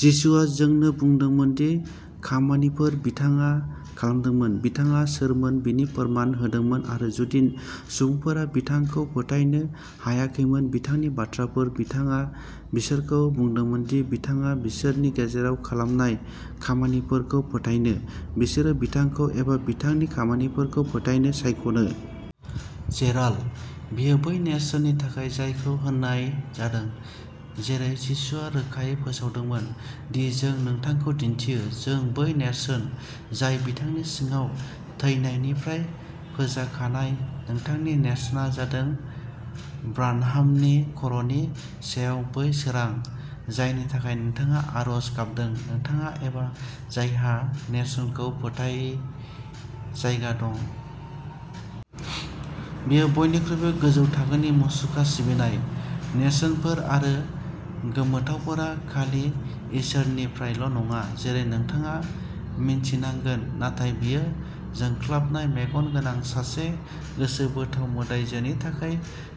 जिसुआ जोंनो बुंदोंमोन दि "खामानिफोर" बिथाङा खालामदोंमोन। बिथाङा सोरमोन बिनि फोरमान होदोंमोन आरो जुदि सुबुंफोरा बिथांखौ फोथायनो हायाखैमोन-बिथांनि बाथ्राफोर, बिथाङा बिसोरखौ बुंदोंमोन दि बिथाङा बिसोरनि गेजेराव खालामनाय "खामानिफोर" खौ फोथायनो। बिसोरो बिथांखौ एबा बिथांनि खामानिफोरखौ फोथायनो सायख'नो। जेराल्ड, बेयो बै नेरसोननि थाखाय, जायखौ होनाय जादों, जेरै जिसुआ रोखायै फोसावदोंमोन, दि जों नोंथांखौ दिन्थियो। जों बै नेरसोन, जाय बिथांनि सिङाव थैनायनिफ्राय फोजाखानाय। नोंथांनि नेरसोनआ जादों ब्रानहामनि खर'नि सायाव बै सोरां, जायनि थाखाय नोंथाङा आरज गाबदों, नोंथाङा एबा जायहा "नेरसोनखौ फोथाय" जायगा दं। बेयो बयनिख्रुइबो गोजौ थाखोनि मुसुखा सिबिनाय। नेरसोनफोर आरो गोमोथावफोरा खालि इसोरनिफ्रायल'नङा, जेरै नोंथाङा मिन्थिनांगोन, नाथाय बेयो जोंख्लाबनाय मेगन गोनां सासे गोसोबोथाव मोदायजोनि थाखाय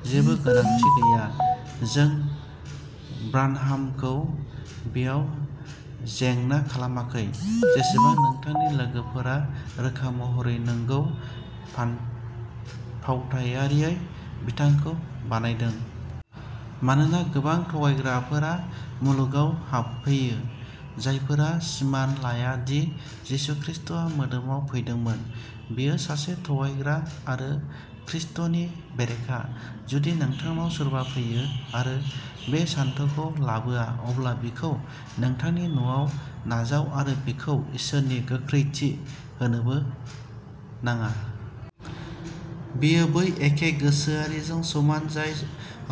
जेबो गोनांथि गैया। जों ब्रानहामखौ बेयाव जेंना खालामाखै, जेसेबां नोंथांनि लोगोफोरा रोखा महरै, नंगौ, फावथायारियै बिथांखौ बानायदों। "मानोना गोबां थगायग्राफोरा मुलुगाव हाबफैयो, जायफोरा सिमान लाया दि यीशु खृष्टआ मोदोमाव फैदोंमोन। बियो सासे थगायग्रा आरो ख्रीष्टनि बेरेखा। जुदि नोंथांनाव सोरबा फैयो, आरो बे सानथौखौ लाबोआ, अब्ला बिखौ नोंथांनि न'आव नाजाव, आरो बिखौ इसोरनि गोख्रैथि होनोबो नाङा"। बेयो बै एखे गोसोआरिजों समान जाय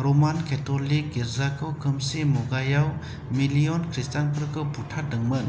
रमान केथ'लिक गिर्जाखौ खोमसि मुगायाव मिलियन खृष्टानफोरखौ बुथारदोंमोन।